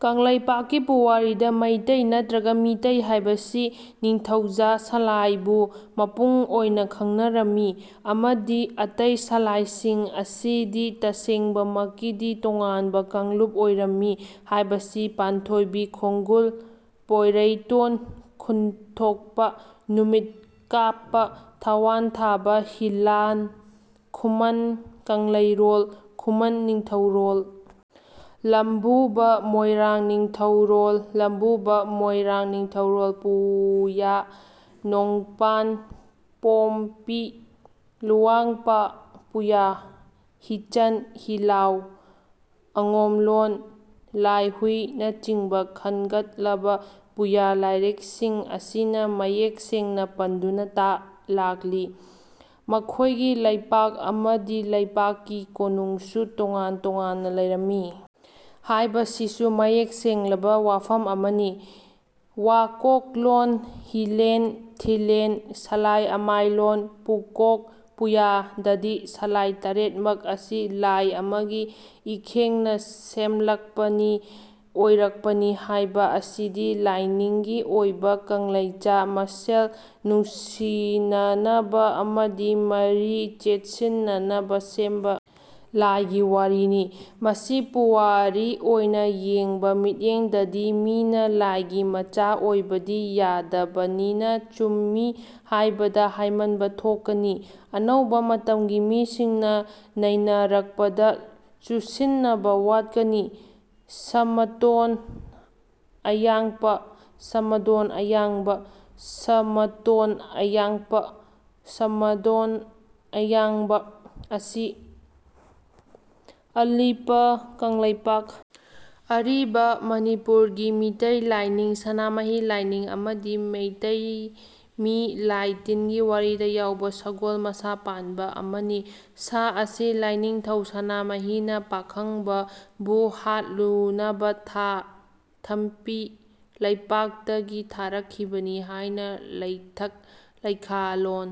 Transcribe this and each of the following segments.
ꯀꯪꯂꯩꯄꯥꯛꯀꯤ ꯄꯨꯋꯥꯔꯤꯗ ꯃꯩꯇꯩ ꯅꯠꯇ꯭ꯔꯒ ꯃꯤꯇꯩ ꯍꯥꯢꯕꯁꯤ ꯅꯤꯡꯊꯧꯖꯥ ꯁꯂꯥꯢꯕꯨ ꯃꯄꯨꯡ ꯑꯣꯢꯅ ꯈꯪꯅꯔꯝꯃꯤ꯫ ꯑꯃꯗꯤ ꯑꯇꯩ ꯁꯂꯥꯢ ꯁꯤꯡ ꯑꯁꯤꯗꯤ ꯇꯁꯦꯡꯕꯃꯛꯀꯤꯗꯤ ꯇꯣꯉꯥꯟꯕ ꯀꯥꯡꯂꯨꯞ ꯑꯣꯢꯔꯝꯃꯤ ꯍꯥꯏꯕꯁꯤ ꯄꯥꯟꯊꯣꯢꯕꯤ ꯈꯣꯡꯒꯨꯜ, ꯄꯣꯢꯔꯩꯇꯣꯟ ꯈꯨꯟꯊꯣꯛꯄ, ꯅꯨꯃꯤꯠ ꯀꯥꯞꯄ, ꯊꯋꯥꯟꯊꯥꯕ ꯍꯤꯂꯥꯟ, ꯈꯨꯃꯟ ꯀꯪꯂꯩꯔꯣꯜ, ꯈꯨꯃꯟ ꯅꯤꯡꯊꯧꯔꯣꯜ ꯂꯝꯕꯨꯕ, ꯃꯣꯢꯔꯥꯡ ꯅꯤꯡꯊꯧꯔꯣꯜ ꯂꯝꯕꯨꯕ, ꯃꯣꯢꯔꯥꯡ ꯅꯤꯡꯊꯧꯔꯣꯜ ꯄꯨꯌꯥ, ꯅꯣꯡꯄꯥꯟ ꯄꯣꯝꯄꯤ ꯂꯨꯋꯥꯎꯄ ꯄꯨꯌꯥ, ꯍꯤꯆꯟ ꯍꯤꯂꯥꯎ, ꯑꯉꯣꯝꯂꯣꯟ ꯂꯥꯢꯍꯨꯢ ꯅꯆꯤꯡꯕ ꯈꯟꯒꯠꯂꯕ ꯄꯨꯌꯥ ꯂꯥꯢꯔꯤꯛꯁꯤꯡ ꯑꯁꯤꯅ ꯃꯌꯦꯛ ꯁꯦꯡꯅ ꯄꯟꯗꯨꯅ ꯂꯥꯛꯂꯤ꯫ ꯃꯈꯣꯢꯒꯤ ꯂꯩꯄꯥꯛ ꯑꯃꯗꯤ ꯂꯩꯄꯥꯛ ꯀꯤ ꯀꯣꯅꯨꯡꯁꯨ ꯇꯣꯉꯥꯟ ꯇꯣꯉꯥꯟꯅ ꯂꯩꯔꯝꯃꯤ ꯍꯥꯢꯕꯁꯤꯁꯨ ꯃꯌꯦꯛ ꯁꯦꯡꯂꯕ ꯋꯥꯐꯝ ꯑꯃꯅꯤ꯫ ꯋꯥꯀꯣꯛꯂꯣꯟ ꯍꯤꯂꯦꯜ ꯊꯤꯂꯦꯜ ꯁꯂꯥꯏ ꯑꯃꯥꯏꯂꯣꯟ ꯄꯨꯀꯣꯛ ꯄꯨꯌꯥ ꯗꯗꯤ ꯁꯂꯥꯢ ꯇꯔꯦꯠ ꯃꯛ ꯑꯁꯤ ꯂꯥꯢ ꯑꯃꯒꯤ ꯏꯈꯦꯡꯅ ꯁꯦꯝꯂꯛꯄꯅꯤ ꯑꯣꯢꯔꯛꯄꯅꯤ ꯍꯥꯢꯕ ꯑꯁꯤꯗꯤ ꯂꯥꯢꯅꯤꯡꯒꯤ ꯑꯣꯢꯕ ꯀꯪꯂꯩꯆꯥ ꯃꯁꯦꯜ ꯅꯨꯡꯁꯤꯅꯅꯕ ꯑꯃꯗꯤ ꯃꯔꯤ ꯆꯦꯠꯁꯤꯟꯅꯅꯕ ꯁꯦꯝꯕ ꯂꯥꯢꯒꯤ ꯋꯥꯔꯤꯅꯤ꯫ ꯃꯁꯤ ꯄꯨꯋꯥꯔꯤ ꯑꯣꯢꯅ ꯌꯦꯡꯕ ꯃꯤꯠꯌꯦꯡꯗꯗꯤ ꯃꯤꯅ ꯂꯥꯢꯒꯤ ꯃꯆꯥ ꯑꯣꯢꯕꯗꯤ ꯌꯥꯗꯕꯅꯤꯅ ꯆꯨꯝꯃꯤ ꯍꯥꯢꯕꯗ ꯍꯥꯢꯃꯟꯕ ꯊꯣꯛꯀꯅꯤ꯫ ꯑꯅꯧꯕ ꯃꯇꯝꯒꯤ ꯃꯤꯁꯤꯡꯅ ꯅꯩꯅꯔꯛꯄꯗ ꯆꯨꯁꯤꯟꯅꯕ ꯋꯥꯠꯀꯅꯤ꯫ "ꯁꯃꯇꯣꯟ ꯑꯌꯥꯡꯄ" (ꯁꯃꯗꯣꯟ ꯑꯌꯥꯡꯕ, ꯁꯥꯃꯇꯣꯟ ꯑꯌꯥꯡꯄ, ꯁꯥꯃꯗꯣꯟ ꯑꯌꯥꯡꯕ) ꯑꯁꯤ ꯑꯂꯤꯄ ꯀꯪꯂꯩꯄꯥꯛ (ꯑꯔꯤꯕ ꯃꯅꯤꯄꯨꯔ) ꯒꯤ ꯃꯤꯇꯩ ꯂꯥꯢꯅꯤꯡ (ꯁꯅꯥꯃꯍꯤ ꯂꯥꯢꯅꯤꯡ) ꯑꯃꯗꯤ ꯃꯩꯇꯩ ꯃꯤ ꯂꯥꯢ ꯇꯤꯟꯒꯤ ꯋꯥꯔꯤꯗ ꯌꯥꯎꯕ ꯁꯒꯣꯜ ꯃꯁꯥ ꯄꯥꯟꯕ ꯑꯃꯅꯤ꯫ ꯁꯥ ꯑꯁꯤ ꯂꯥꯢꯅꯤꯡꯊꯧ ꯁꯅꯥꯃꯍꯤ ꯅ ꯄꯥꯈꯪꯕ ꯕꯨ ꯍꯥꯠꯂꯨꯅꯕ ꯊꯥ (ꯊꯄꯤ) ꯂꯩꯄꯥꯛꯇꯒꯤ ꯊꯥꯔꯛꯈꯤꯕꯅꯤ ꯍꯥꯢꯅ ꯂꯩꯊꯛ ꯂꯩꯈꯥꯂꯣꯜ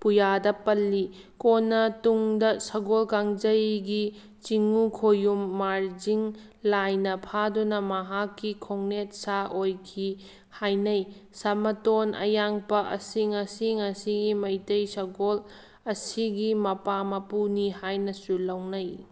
ꯄꯨꯌꯥꯗ ꯄꯜꯂꯤ꯫ ꯀꯣꯟꯅ ꯇꯨꯡꯗ ꯁꯒꯣꯜ ꯀꯥꯡꯖꯩꯒꯤ ꯆꯤꯉꯨ ꯈꯣꯌꯨꯝ ꯃꯥꯔꯖꯤꯡ ꯂꯥꯢ ꯅ ꯐꯥꯗꯨꯅ ꯃꯍꯥꯛꯀꯤ ꯈꯣꯡꯅꯦꯠ ꯁꯥ ꯑꯣꯢꯈꯤ ꯍꯥꯢꯅꯩ꯫ ꯁꯃꯇꯣꯟ ꯑꯌꯥꯡꯄ ꯑꯁꯤ ꯉꯁꯤ ꯉꯁꯤꯒꯤ ꯃꯩꯇꯩ ꯁꯒꯣꯜ ꯑꯁꯤꯒꯤ ꯃꯄꯥ ꯃꯄꯨ ꯅꯤ ꯍꯥꯢꯅꯁꯨ ꯂꯧꯅꯩ꯫